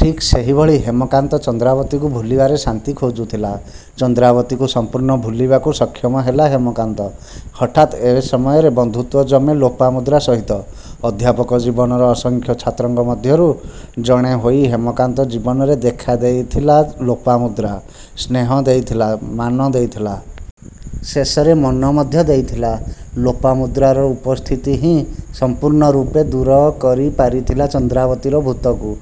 ଠିକ୍ ସେହିଭଳି ହେମକାନ୍ତ ଚନ୍ଦ୍ରାବତୀକୁ ଭୁଲିବାରେ ଶାନ୍ତି ଖୋଜୁଥିଲା। ଚନ୍ଦ୍ରାବତୀକୁ ସମ୍ପୂର୍ଣ୍ଣ ଭୁଲିବାକୁ ସକ୍ଷମ ହେଲା ହେମକାନ୍ତ ହଠାତ୍ ଏ ସମୟରେ ବନ୍ଧୁତ୍ୱ ଜମେ ଲୋପାମୁଦ୍ରା ସହିତ। ଅଧ୍ୟାପକ ଜୀବନର ଅସଂଖ୍ୟ ଛାତ୍ରଙ୍କ ମଧ୍ୟରୁ ଜଣେ ହୋଇ ହେମକାନ୍ତ ଜୀବନରେ ଦେଖା ଦେଇଥିଲା ଲୋପାମୁଦ୍ରା। ସ୍ନେହ ଦେଇଥିଲା, ମାନ ଦେଇଥିଲା ଶେଷରେ ମନ ମଧ୍ୟ ଦେଇଥିଲା। ଲୋପାମୁଦ୍ରାର ଉପସ୍ଥିତି ହିଁ ସମ୍ପୂର୍ଣ୍ଣ ରୂପେ ଦୂର କରି ପାରିଥିଲା ଚନ୍ଦ୍ରାବତୀର ଭୂତକୁ।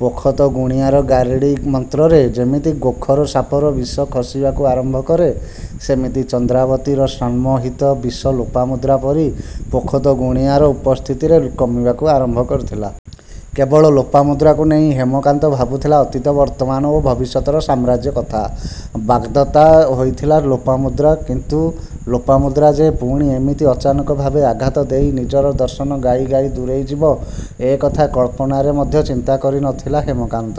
ପୋଖତ ଗୁଣିଆର ଗାରେଡ଼ି ମନ୍ତ୍ରରେ ଯେମିତି ଗୋଖର ସାପର ବିଷ ଖସିବାକୁ ଆରମ୍ଭ କରେ-ସେମିତି ଚନ୍ଦ୍ରାବତୀର ସମ୍ମୋହିତ ବିଷ ଲୋପାମୁଦ୍ରା ପରି ପୋଖତ ଗୁଣିଆର ଉପସ୍ଥିତିରେ କମିବାକୁ ଆରମ୍ଭ କରିଥିଲା। କେବଳ ଲୋପାମୁଦ୍ରାକୁ ନେଇ ହେମକାନ୍ତ ଭାବୁଥିଲା ଅତୀତ ବର୍ତ୍ତମାନ ଓ ଭବିଷ୍ୟତର ସାମ୍ରାଜ୍ୟ କଥା। ବାଗ୍ଦତ୍ତା ହୋଇଥିଲା ଲୋପାମୁଦ୍ରା କିନ୍ତୁ ଲୋପାମୁଦ୍ରା ଯେ ପୁଣି ଏମିତି ଅଚାନକ ଭାବେ ଆଘାତ ଦେଇ ନିଜର ଦର୍ଶନ ଗାଇ ଗାଇ ଦୂରେଇ ଯିବ ଏ କଥା କଳ୍ପନାରେ ମଧ୍ୟ ଚିନ୍ତା କରି ନ ଥିଲା ହେମକାନ୍ତ।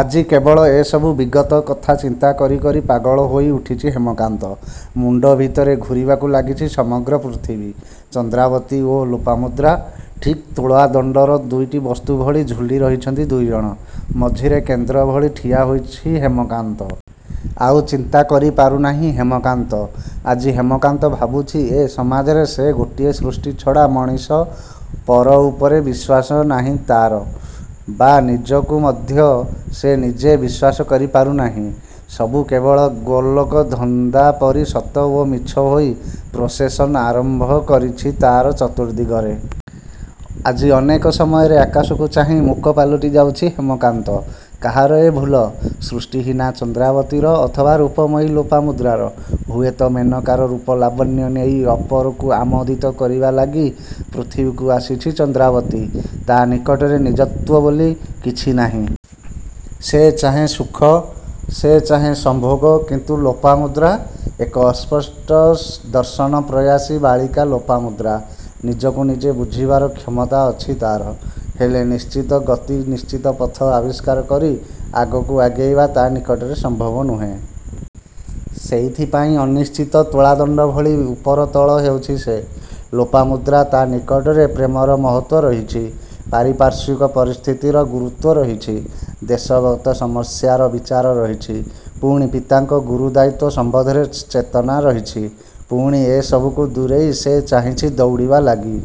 ଆଜି କେବଳ ଏସବୁ ବିଗତ କଥା ଚିନ୍ତା କରି କରି ପାଗଳ ହୋଇଉଠିଛି ହେମକାନ୍ତ। ମୁଣ୍ଡ ଭିତରେ ଘୂରିବାକୁ ଲାଗିଛି ସମଗ୍ର ପୃଥିବୀ। ଚନ୍ଦ୍ରାବତୀ ଓ ଲୋପାମୁଦ୍ରା। ଠିକ୍ ତୁଳାଦଣ୍ଡର ଦୁଇଟି ବସ୍ତୁ ଭଳି ଝୁଲି ରହିଛନ୍ତି ଦୁଇଜଣ। ମଝିରେ କେନ୍ଦ୍ର ଭଳି ଠିଆ ହୋଇଛି ହେମକାନ୍ତ। ଆଉ ଚିନ୍ତା କରି ପାରୁନାହିଁ ହେମକାନ୍ତ। ଆଜି ହେମକାନ୍ତ ଭାବୁଛି ଏ ସମାଜରେ ସେ ଗୋଟିଏ ସୃଷ୍ଟି ଛଡ଼ା ମଣିଷ। ପର ଉପରେ ବିଶ୍ୱାସ ନାହିଁ ତା'ର। ବା ନିଜକୁ ମଧ୍ୟ ସେ ନିଜେ ବିଶ୍ୱାସ କରି ପାରୁନାହିଁ। ସବୁ କେବଳ ଗୋଲକଧନ୍ଦା ପରି ସତ ଓ ମିଛ ହୋଇ ପ୍ରସେସନ୍ଆରମ୍ଭ କରିଛି ତା'ର ଚତୁର୍ଦିଗରେ। ଆଜି ଅନେକ ସମୟରେ ଆକାଶକୁ ଚାହିଁ ମୂକ ପାଲଟି ଯାଉଛି ହେମକାନ୍ତ। କାହାର ଏ ଭୁଲ। ସୃଷ୍ଟିହୀନା ଚନ୍ଦ୍ରାବତୀର, ଅଥବା ରୂପମୟୀ ଲୋପାମୁଦ୍ରାର? ହୁଏତ ମେନକାର ରୂପଲାବଣ୍ୟ ନେଇ ଅପରକୁ ଆମୋଦିତ କରିବା ଲାଗି ପୃଥିବୀକୁ ଆସିଛି ଚନ୍ଦ୍ରାବତୀ। ତା' ନିକଟରେ ନିଜତ୍ୱ ବୋଲି କିଛି ନାହିଁ। ସେ ଚାହେଁ ସୁଖ ସେ ଚାହେଁ ସମ୍ଭୋଗ। କିନ୍ତୁ ଲୋପାମୁଦ୍ରା। ଏକ ଅସ୍ପଷ୍ଟ ଦର୍ଶନ ପ୍ରୟାସୀ ବାଳିକା ଲୋପାମୁଦ୍ରା। ନିଜକୁ ନିଜେ ବୁଝିବାର କ୍ଷମତା ଅଛି ତା'ର। ହେଲେ ନିଶ୍ଚିତ.. ଗତି ନିଶ୍ଚିତ ପଥ ଆବିଷ୍କାର କରି ଆଗକୁ ଆଗେଇବା ତା' ନିକଟରେ ସମ୍ଭବ ନୁହେଁ। ସେଇଥିପାଇଁ ଅନିଶ୍ଚିତ ତୁଳାଦଣ୍ଡ ଭଳି ଉପର ତଳ ହେଉଛି ସେ। ଲୋପାମୁଦ୍ରା ତା' ନିକଟରେ ପ୍ରେମର ମହତ୍ୱ ରହିଛି। ପାରିପାର୍ଶ୍ୱିକ ପରିସ୍ଥିତିର ଗୁରୁତ୍ୱ ରହିଛି। ଦେଶଗତ ସମସ୍ୟାର ବିଚାର ରହିଛି ପୁଣି ପିତାଙ୍କ ଗୁରୁଦାୟିତ୍ୱ ସମ୍ବନ୍ଧରେ ଚେତନା ରହିଛି। ପୁଣି ଏ ସବୁକୁ ଦୂରେଇ ସେ ଚାହିଁଛି ଦୌଡ଼ିବା ଲାଗି।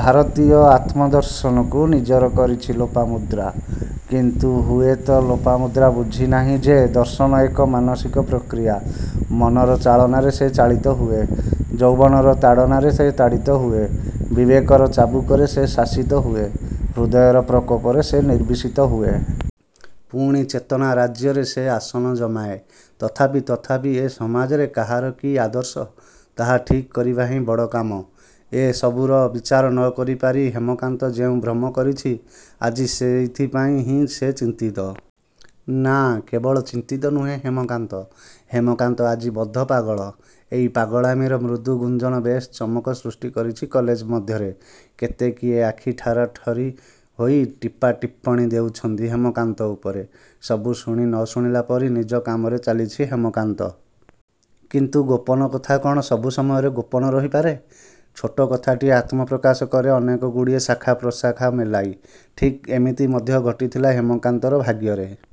ଭାରତୀୟ ଆତ୍ମଦର୍ଶନକୁ ନିଜର କରିଛି ଲୋପାମୁଦ୍ରା କିନ୍ତୁ ହୁଏତ ଲୋପାମୁଦ୍ରା ବୁଝିନାହିଁ ଯେ-ଦର୍ଶନ ଏକ ମାନସିକ ପ୍ରକ୍ରିୟା। ମନର ଚାଳନାରେ ସେ ଚାଳିତ ହୁଏ। ଯୌବନର ତାଡ଼ନାରେ ସେ ତାଡ଼ିତ ହୁଏ। ବିବେକର ଚାବୁକରେ ସେ ଶାସିତ ହୁଏ। ହୃଦୟର ପ୍ରକୋପରେ ସେ ନିର୍ବିସିତ ହୁଏ। ପୁଣି ଚେତନା ରାଜ୍ୟରେ ସେ ଆସନ ଜମାଏ। ତଥାପି ତଥାପି ଏ ସମାଜରେ କାହାର କି ଆଦର୍ଶ ତାହା ଠିକ୍ କରିବା ହିଁ ବଡ କାମ। ଏ ସବୁର ବିଚାର ନ କରିପାରି ହେମକାନ୍ତ ଯେଉଁ ଭ୍ରମ କରିଛି ଆଜି ସେଇଥିପାଇଁ ହିଁ ସେ ଚିନ୍ତିତ। ନାଁ କେବଳ ଚିନ୍ତିତ ନୁହେଁ ହେମକାନ୍ତ। ହେମକାନ୍ତ ଆଜି ବଦ୍ଧ ପାଗଳ। ଏଇ ପାଗଳାମୀର ମୃଦୁ ଗୁଞ୍ଜନ ବେଶ୍ ଚମକ ସୃଷ୍ଟି କରିଛି କଲେଜ ମଧ୍ୟରେ। କେତେ କିଏ ଆଖି ଠାରାଠରି ହୋଇ ଟିପା ଟିପ୍ପଣୀ ଦେଉଛନ୍ତି ହେମକାନ୍ତ ଉପରେ। ସବୁ ଶୁଣି ନ ଶୁଣିଲା ପରି ନିଜ କାମରେ ଚାଲିଛି ହେମକାନ୍ତ। କିନ୍ତୁ ଗୋପନ କଥା କ'ଣ ସବୁ ସମୟରେ ଗୋପନ ରହିପାରେ? ଛୋଟ କଥାଟିଏ ଆତ୍ମପ୍ରକାଶ କରେ ଅନେକ ଗୁଡ଼ିଏ ଶାଖା ପ୍ରଶାଖା ମେଲାଇ। ଠିକ ଏମିତି ମଧ୍ୟ ଘଟିଥିଲା ହେମକାନ୍ତର ଭାଗ୍ୟରେ।